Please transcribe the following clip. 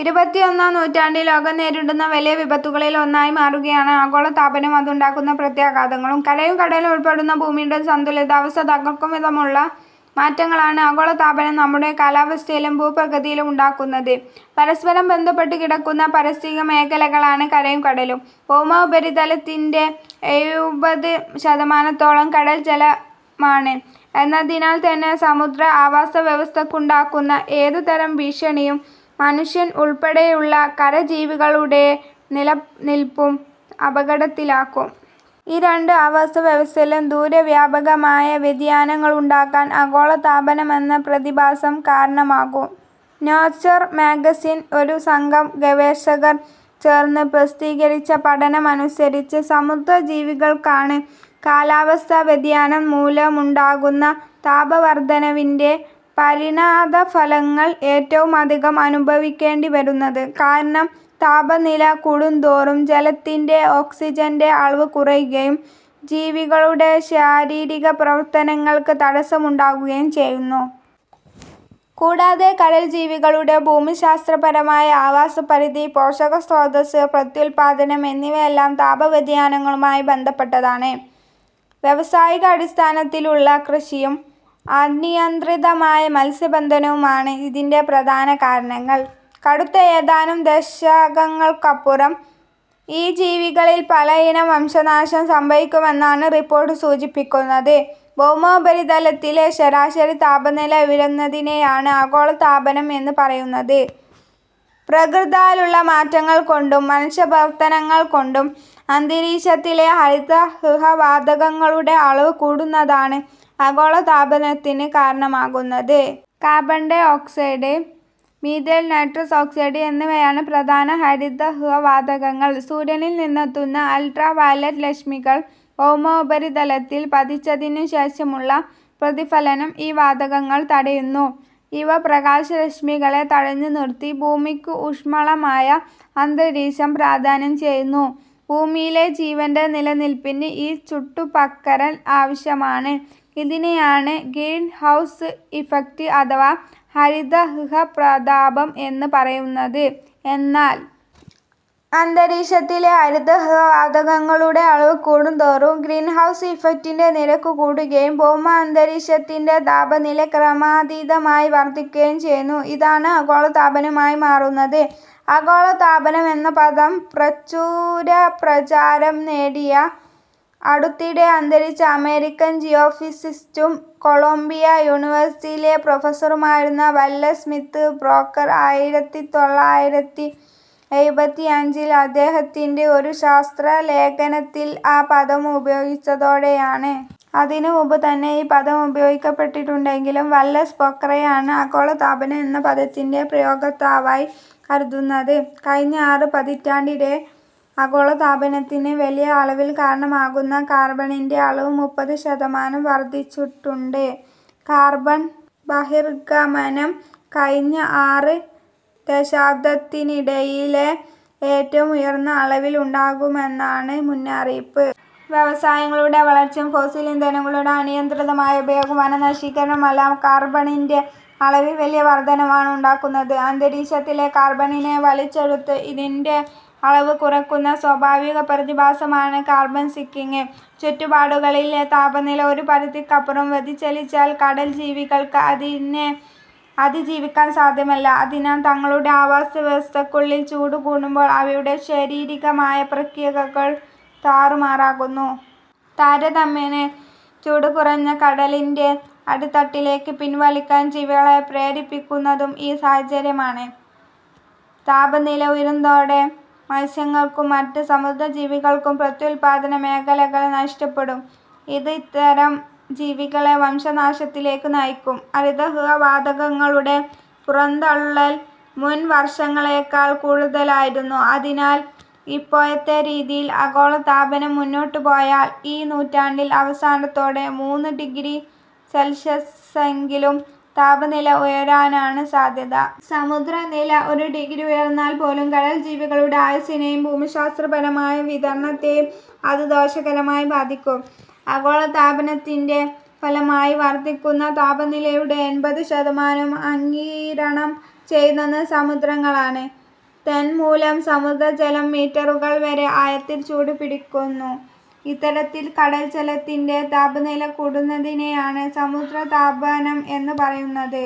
ഇരുപത്തിയൊന്നാം നൂറ്റാണ്ടിൽ ലോകം നേരിടുന്ന വലിയ വിപത്തുകളിൽ ഒന്നായി മാറുകയാണ് ആഗോളതാപനവും അതുണ്ടാക്കുന്ന പ്രത്യാഘാതങ്ങളും. കരയും കടലും ഉൾപ്പെടുന്ന ഭൂമിയുടെ സന്തുലിതാവസ്ഥ തകർക്കുംവിധമുള്ള മാറ്റങ്ങളാണ് ആഗോളതാപനം നമ്മുടെ കാലാവസ്ഥയിലും ഭൂപ്രകൃതിയിലും ഉണ്ടാക്കുന്നത്. പരസ്പരം ബന്ധപ്പെട്ടുകിടക്കുന്ന പാരിസ്ഥിതിക മേഖലകളാണ് കരയും കടലും. ഭൗമോപരിതലത്തിന്റെ എഴുപത് ശതമാനത്തോളം കടൽജലമാണ് എന്നതിനാൽ തന്നെ സമുദ്ര ആവാസവ്യവസ്ഥയ്ക്കുണ്ടാകുന്ന ഏതുതരം ഭീഷണിയും മനുഷ്യൻ ഉൾപ്പെടെയുള്ള കരജീവികളുടെ നിലനിൽപ്പും അപകടത്തിലാക്കും. ഈ രണ്ട് ആവാസവ്യവസ്ഥയിലും ദൂരവ്യാപകമായ വ്യതിയാനങ്ങളുണ്ടാക്കാൻ ആഗോളതാപനമെന്ന പ്രതിഭാസം കാരണമാകും. നേച്വർ മാഗസിനിൽ ഒരു സംഘം ഗവേഷകർ ചേർന്ന് പ്രസിദ്ധീകരിച്ച പഠനമനുസരിച്ച് സമുദ്രജീവികൾക്കാണ് കാലാവസ്ഥാവ്യതിയാനം മൂലമുണ്ടാകുന്ന താപവർധനവിന്റെ പരിണതഫലങ്ങൾ ഏറ്റവുമധികം അനുഭവിക്കേണ്ടിവരുന്നത്. കാരണം താപനില കൂടുന്തോറും ജലത്തിലെ ഓക്സിജന്റെ അളവ് കുറയുകയും ജീവികളുടെ ശാരീരിക പ്രവർത്തനങ്ങൾക്ക് തടസ്സമുണ്ടാകുകയും ചെയ്യുന്നു. കൂടാതെ കടൽജീവികളുടെ ഭൂമിശാസ്ത്രപരമായ ആവാസപരിധി പോഷകസ്രോതസ്സ് പ്രത്യുത്പാദനം എന്നിവയെല്ലാം താപവ്യതിയാനങ്ങളുമായി ബന്ധപ്പെട്ടതാണ്. വ്യാവസായികാടിസ്ഥാനത്തിലുള്ള കൃഷിയും അനിയന്ത്രിതമായ മത്സ്യബന്ധനവുമാണ് ഇതിന്റെ പ്രധാന കാരണങ്ങൾ. അടുത്ത ഏതാനും ദശകങ്ങൾക്കപ്പുറം ഈ ജീവികളിൽ പലതിനും വംശനാശം സംഭവിക്കുമെന്നാണ് റിപ്പോർട്ട് സൂചിപ്പിക്കുന്നത്. ഭൗമോപരിതലത്തിലെ ശരാശരി താപനില ഉയരുന്നതിനെയാണ് ആഗോളതാപനം എന്ന് പറയുന്നത്. പ്രകൃത്യാലുള്ള മാറ്റങ്ങൾ കൊണ്ടും മനുഷ്യപ്രവർത്തനങ്ങൾ കൊണ്ടും അന്തരീക്ഷത്തിലെ ഹരിതഗൃഹവാതകങ്ങളുടെ അളവ് കൂടുന്നതാണ് ആഗോളതാപനത്തിന് കാരണമാകുന്നത്. Carbon dioxide methane nitrous oxide എന്നിവയാണ് പ്രധാനപ്പെട്ട ഹരിതഗൃഹവാതകങ്ങൾ. സൂര്യനിൽ നിന്നെത്തുന്ന അൾട്രാവയലറ്റ് രശ്മികൾ ഭൗമോപരിതലത്തിൽ പതിച്ചതിനുശേഷമുള്ള പ്രതിഫലനം ഈ വാതകങ്ങൾ തടയുന്നു. ഇവ പ്രകാശരശ്മികളെ തടഞ്ഞുനിർത്തി ഭൂമിക്ക് ഊഷ്മളമായ അന്തരീക്ഷം പ്രദാനം ചെയ്യുന്നു. ഭൂമിയിലെ ജീവന്റെ നിലനിൽപ്പിന് ഈ ചൂടുപകരൽ ആവശ്യമാണ്. ഇതിനെയാണ് ഗ്രീൻഹൗസ് ഇഫക്ട് അഥവാ ഹരിതഗൃഹപ്രഭാവം എന്ന് പറയുന്നത്. എന്നാൽ അന്തരീക്ഷത്തിലെ ഹരിതഗൃഹവാതകങ്ങളുടെ അളവ് കൂടുന്തോറും ഗ്രീൻഹൗസ് ഇഫക്ടിന്റെ നിരക്ക് കൂടുകയും ഭൗമാന്തരീക്ഷത്തിന്റെ താപനില ക്രമാതീതമായി വർധിക്കുകയും ചെയ്യുന്നു. ഇതാണ് ആഗോളതാപനമായി മാറുന്നത്. ആഗോളതാപനം എന്ന പദം പ്രചുരപ്രചാരം നേടിയത് അടുത്തിടെ അന്തരിച്ച അമേരിക്കൻ ജിയോഫിസിസിസ്റ്റും കൊളംബിയ യൂണിവേഴ്സിറ്റിയിലെ പ്രൊഫസറുമായിരുന്ന വാലസ് സ്മിത്ത് ബ്രോക്കർ ആയിരത്തി തൊള്ളായിരത്തി എഴുപത്തിയഞ്ചിൽ അദ്ദേഹത്തിന്റെ ഒരു ശാസ്ത്രലേഖനത്തിൽ ആ പദം ഉപയോഗിച്ചതോടെയാണ്. അതിന് മുമ്പുതന്നെ ഈ പദം ഉപയോഗിക്കപ്പെട്ടിട്ടുണ്ടെങ്കിലും വാലസ് ബ്രോക്കറെയാണ് ആഗോളതാപനം എന്ന പദത്തിന്റെ പ്രയോക്താവായി കരുതുന്നത്. കഴിഞ്ഞ ആറ് പതിറ്റാണ്ടിനിടെ ആഗോളതാപനത്തിന് വലിയ അളവിൽ കാരണമാകുന്ന കാർബണിന്റെ അളവ് മുപ്പത് ശതമാനം വർധിച്ചിട്ടുണ്ട്. കാർബൺ ബഹിർഗമനം കഴിഞ്ഞ ആറ് ദശാബ്ദത്തിനിടയിലെ ഏറ്റവും ഉയർന്ന അളവിൽ ഉണ്ടാകുമെന്നാണ് മുന്നറിയിപ്പ്. വ്യവസായങ്ങളുടെ വളർച്ചയും ഫോസിൽ ഇന്ധനങ്ങളുടെ അനിയന്ത്രിതമായ ഉപയോഗവും വനനശീകരണവുമെല്ലാം കാർബണിന്റെ അളവിൽ വലിയ വർധനയാണ് ഉണ്ടാക്കുന്നത്. അന്തരീക്ഷത്തിലെ കാർബണിനെ വലിച്ചെടുത്ത് ഇതിന്റെ അളവ് കുറയ്ക്കുന്ന സ്വാഭാവിക പ്രതിഭാസമാണ് കാർബൺ സിങ്കിങ്. ചുറ്റുപാടുകളിലെ താപനില ഒരു പരിധിക്കപ്പുറം വ്യതിചലിച്ചാൽ കടൽജീവികൾക്ക് അതിനെ അതിജീവിക്കാൻ സാധ്യമല്ല. അതിനാൽ തങ്ങളുടെ ആവാസവ്യവസ്ഥയ്ക്കുള്ളിൽ ചൂട് കൂടുമ്പോൾ അവയുടെ ശാരീരികമായ പ്രക്രിയകൾ താറുമാറാകുന്നു. താരതമ്യേന ചൂട് കുറഞ്ഞ കടലിന്റെ അടിത്തട്ടിലേക്ക് പിൻവലിയാൻ ജീവികളെ പ്രേരിപ്പിക്കുന്നതും ഈ സാഹചര്യമാണ്. താപനില ഉയരുന്നതോടെ മത്സ്യങ്ങൾക്കും മറ്റ് സമുദ്രജീവികൾക്കും പ്രത്യുത്പാദനമേഖലകൾ നഷ്ടപ്പെടും. ഇത് ഇത്തരം ജീവികളെ വംശനാശത്തിലേക്ക് നയിക്കും. ഹരിതഗൃഹവാതകങ്ങളുടെ പുറന്തള്ളൽ മുൻ വർഷങ്ങളെക്കാൾ കൂടുതലായിരുന്നു. അതിനാൽ ഇപ്പോഴത്തെ രീതിയിൽ ആഗോളതാപനം മുന്നോട്ടുപോയാൽ ഈ നൂറ്റാണ്ടിന്റെ അവസാനത്തോടെ മൂന്ന് ഡിഗ്രി സെൽഷ്യസെങ്കിലും താപനില ഉയരാനാണ് സാധ്യത. സമുദ്രതാപനില ഒരു ഡിഗ്രി ഉയർന്നാൽ പോലും കടൽജീവികളുടെ ആയുസ്സിനെയും ഭൂമിശാസ്ത്രപരമായ വിതരണത്തെയും അത് ദോഷകരമായി ബാധിക്കും. ആഗോളതാപനത്തിന്റെ ഫലമായി വർധിക്കുന്ന താപനിലയുടെ എൺപത് ശതമാനവും ആഗിരണം ചെയ്യുന്നത് സമുദ്രങ്ങളാണ്. തന്മൂലം സമുദ്രജലം മീറ്ററുകൾ വരെ ആഴത്തിൽ ചൂടുപിടിക്കുന്നു. ഇത്തരത്തിൽ കടൽജലത്തിന്റെ താപനില കൂടുന്നതിനെയാണ് സമുദ്രതാപനം എന്ന് പറയുന്നത്.